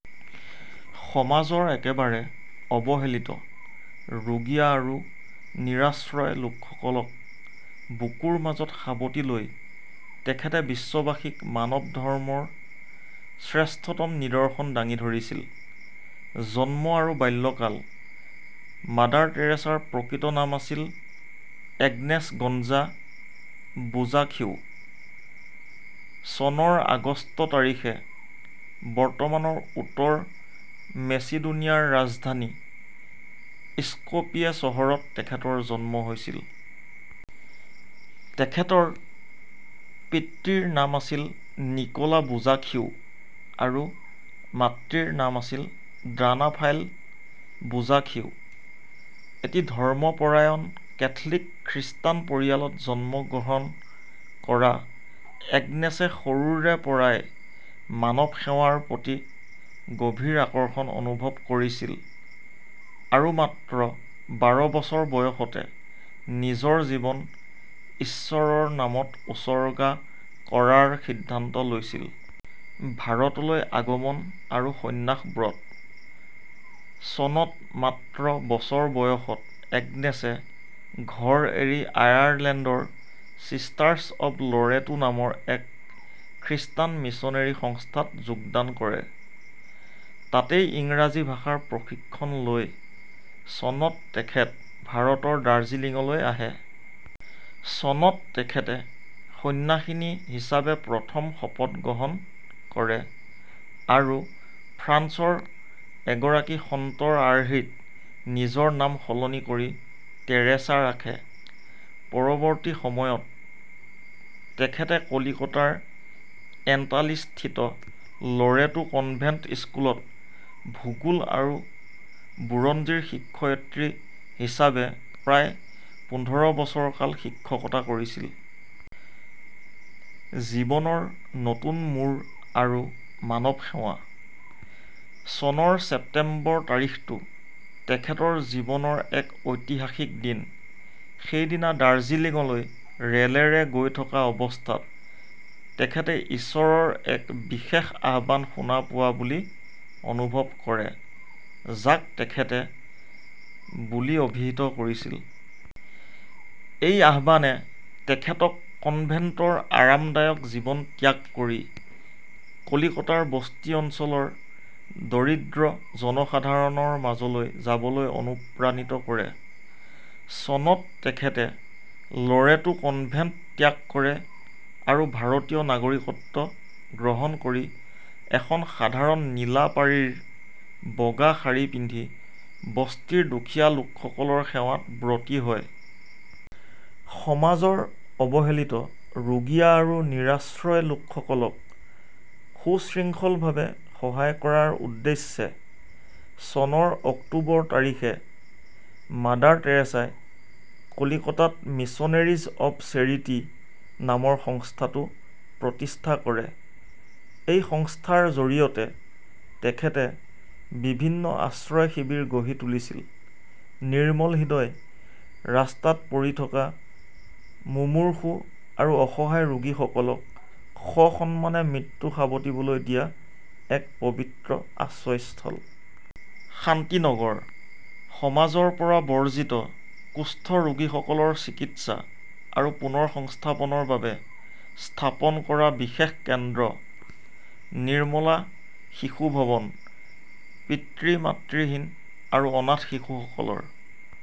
সমাজৰ একেবাৰে অৱহেলিত, ৰোগীয়া আৰু নিৰাশ্ৰয় লোকসকলক বুকুৰ মাজত সাৱটি লৈ তেখেতে বিশ্ববাসীক মানৱ ধৰ্মৰ শ্ৰেষ্ঠতম নিদৰ্শন দাঙি ধৰিছিল। জন্ম আৰু বাল্যকাল: মাদাৰ টেৰেছাৰ প্ৰকৃত নাম আছিল এগনেছ গঞ্জা বোজাখিউ। চনৰ আগষ্ট তাৰিখে বৰ্তমানৰ উত্তৰ মেচিডোনিয়াৰ ৰাজধানী স্কপিয়ে চহৰত তেখেতৰ জন্ম হৈছিল। তেখেতৰ পিতৃৰ নাম আছিল নিক'লা বোজাখিউ আৰু মাতৃৰ নাম আছিল ড্ৰানাফাইল বোজাখিউ। এটি ধৰ্মপৰায়ণ কেথলিক খ্ৰীষ্টান পৰিয়ালত জন্মগ্ৰহণ কৰা এগনেছে সৰুৰে পৰাই মানৱ সেৱাৰ প্ৰতি গভীৰ আকৰ্ষণ অনুভৱ কৰিছিল আৰু মাত্ৰ বাৰ বছৰ বয়সতে নিজৰ জীৱন ঈশ্বৰৰ নামত উচৰ্গা কৰাৰ সিদ্ধান্ত লৈছিল। ভাৰতলৈ আগমন আৰু সন্ন্যাস ব্ৰত: চনত, মাত্ৰ বছৰ বয়সত এগনেছে ঘৰ এৰি আয়াৰলেণ্ডৰ 'চিষ্টাৰ্ছ অৱ লৰেটো' নামৰ এক খ্ৰীষ্টান মিছনেৰী সংস্থাত যোগদান কৰে। তাতেই ইংৰাজী ভাষাৰ প্ৰশিক্ষণ লৈ চনত তেখেত ভাৰতৰ দাৰ্জিলিঙলৈ আহে। চনত তেখেতে সন্ন্যাসিনী হিচাপে প্ৰথম শপত গ্ৰহণ কৰে আৰু ফ্ৰান্সৰ এগৰাকী সন্তৰ আৰ্হিত নিজৰ নাম সলনি কৰি 'টেৰেছা' ৰাখে। পৰৱৰ্তী সময়ত তেখেতে কলিকতাৰ এণ্টালীস্থিত লৰেটো কনভেণ্ট স্কুলত ভূগোল আৰু বুৰঞ্জীৰ শিক্ষয়িত্ৰী হিচাপে প্ৰায় পোন্ধৰ বছৰ কাল শিক্ষকতা কৰিছিল। জীৱনৰ নতুন মোৰ আৰু মানৱ সেৱা: চনৰ ছেপ্টেম্বৰ তাৰিখটো তেখেতৰ জীৱনৰ এক ঐতিহাসিক দিন। সেইদিনা দাৰ্জিলিঙলৈ ৰে'লেৰে গৈ থকা অৱস্থাত তেখেতে ঈশ্বৰৰ এক বিশেষ আহ্বান শুনা পোৱা বুলি অনুভৱ কৰে, যাক তেখেতে "" বুলি অভিহিত কৰিছিল। এই আহ্বানে তেখেতক কনভেণ্টৰ আৰামদায়ক জীৱন ত্যাগ কৰি কলিকতাৰ বস্তি অঞ্চলৰ দৰিদ্ৰ জনসাধাৰণৰ মাজলৈ যাবলৈ অনুপ্ৰাণিত কৰে। চনত তেখেতে লৰেটো কনভেণ্ট ত্যাগ কৰে আৰু ভাৰতীয় নাগৰিকত্ব গ্ৰহণ কৰি এখন সাধাৰণ নীলা পাৰিৰ বগা শাৰী পিন্ধি বস্তিৰ দুখীয়া লোকসকলৰ সেৱাত ব্ৰতী হয়। সমাজৰ অৱহেলিত, ৰোগীয়া আৰু নিৰাশ্ৰয় লোকসকলক সুশৃংখলভাৱে সহায় কৰাৰ উদ্দেশ্যে চনৰ অক্টোবৰ তাৰিখে মাদাৰ টেৰেছাই কলিকতাত 'মিছনেৰীজ অৱ চেৰিটি' নামৰ সংস্থাটো প্ৰতিষ্ঠা কৰে। এই সংস্থাৰ জৰিয়তে তেখেতে বিভিন্ন আশ্ৰয় শিবিৰ গঢ়ি তুলিছিল: নিৰ্মল হৃদয়: ৰাস্তাত পৰি থকা মুমূৰ্ষু আৰু অসহায় ৰোগীসকলক সসন্মানে মৃত্যু সাৱটিবলৈ দিয়া এক পবিত্ৰ আশ্ৰয়স্থল। শান্তি নগৰ: সমাজৰ পৰা বৰ্জিত কুষ্ঠ ৰোগীসকলৰ চিকিৎসা আৰু পুনৰ্সংস্থাপনৰ বাবে স্থাপন কৰা বিশেষ কেন্দ্ৰ। নিৰ্মলা শিশু ভৱন: পিতৃ-মাতৃহীন আৰু অনাথ শিশুসকলৰ